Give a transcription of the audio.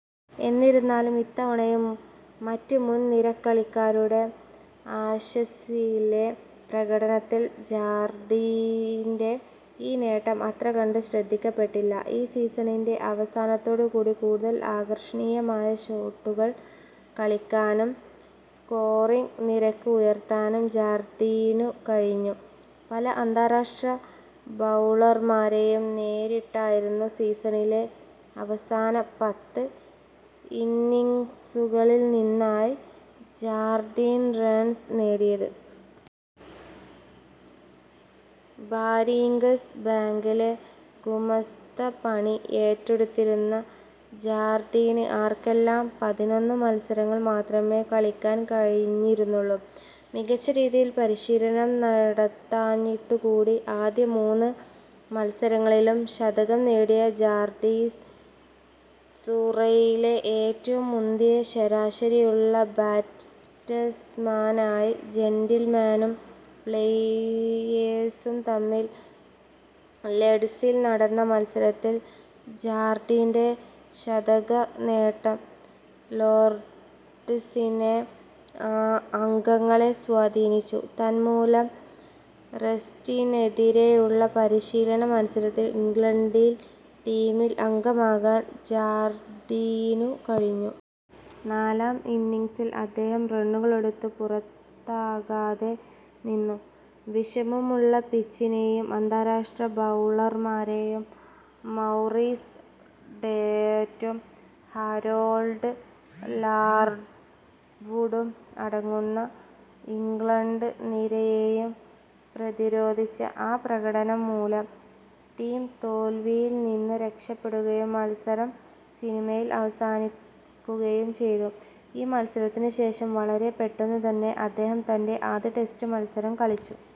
എന്നിരുന്നാലും ഇത്തവണയും മറ്റ് മുൻ നിരക്കളിക്കാരുടെ ആഷസിലെ പ്രകടനത്തിൽ ജാർഡീന്റെ ഈ നേട്ടം അത്ര കണ്ട് ശ്രദ്ധിക്കപ്പെട്ടില്ല. ഈ സീസണിന്റെ അവസാനത്തോടുകൂടി കൂടുതൽ ആകർഷണീയമായ ഷോട്ടുകൾ കളിക്കാനും സ്കോറിംഗ് നിരക്ക് ഉയർത്താനും ജാർഡീനു കഴിഞ്ഞു. പല അന്താരാഷ്ട്ര ബൗളർമാരെയും നേരിട്ടായിരുന്നു സീസണിലെ അവസാന പത്ത് ഇന്നിംഗ്സുകളിൽ നിന്നായി ജാർഡീൻ റൺസ് നേടിയത്. ബാരിംഗ്സ് ബാങ്കിലെ ഗുമസ്തപണി ഏറ്റെടുത്തിരുന്ന ജാർഡീന് ആർക്കെല്ലാം പതിനൊന്ന് മത്സരങ്ങൾ മാത്രമേ കളിയ്ക്കാൻ കഴിഞ്ഞിരുന്നുള്ളു. മികച്ച രീതിയിൽ പരീശീലനം നടത്താഞ്ഞിട്ടുകൂടി ആദ്യ മൂന്ന് മത്സരങ്ങളിലും ശതകം നേടിയ ജാർഡീൻ സുറൈയിലെ ഏറ്റവും മുന്തിയ ശരാശരിയുള്ള ബാറ്റ്സമാനായി. ജെന്റിൽമാനും പ്ലെയേഴ്സും തമ്മിൽ ലേഡ്സിൽ നടന്ന് മത്സരത്തിൽ ജാർഡീന്റെ ശതകനേട്ടം ലോർഡ്സിലെ അംഗങ്ങളെ സ്വാധീനിച്ചു, തന്മൂലം റെസ്റ്റിനെതിരെയുള്ള പരിശീലന മത്സരത്തിൽ ഇംഗ്ലണ്ടിൽ ടീമിൽ അംഗമാകാൻ ജാർഡീനു കഴിഞ്ഞു. നാലാം ഇന്നിംഗ്സിൽ അദ്ദേഹം റണ്ണുകളെടുത്ത് പുറത്താകാതെ നിന്നു. വിഷമമുള്ള പിച്ചിനേയും അന്താരാഷ്ട്ര ബൗളർമാരായ മൗറിസ് ടേറ്റും ഹാരോൾഡ് ലാർവുഡും അടങ്ങുന്ന ഇംഗ്ലണ്ട് നിരയേയും പ്രതിരോധിച്ച ആ പ്രകടനം മൂലം ടീം തോൽവിയിൽ നിന്ന് രക്ഷപ്പെടുകയും മത്സരം സിനിലയിൽ അവസാനിക്കുകയും ചെയ്തു. ഈ മത്സരത്തിനു ശേഷം, വളരെ പെട്ടെന്നു തന്നെ അദ്ദേഹം തന്റെ ആദ്യ ടെസ്റ്റ് മത്സരം കളിച്ചു.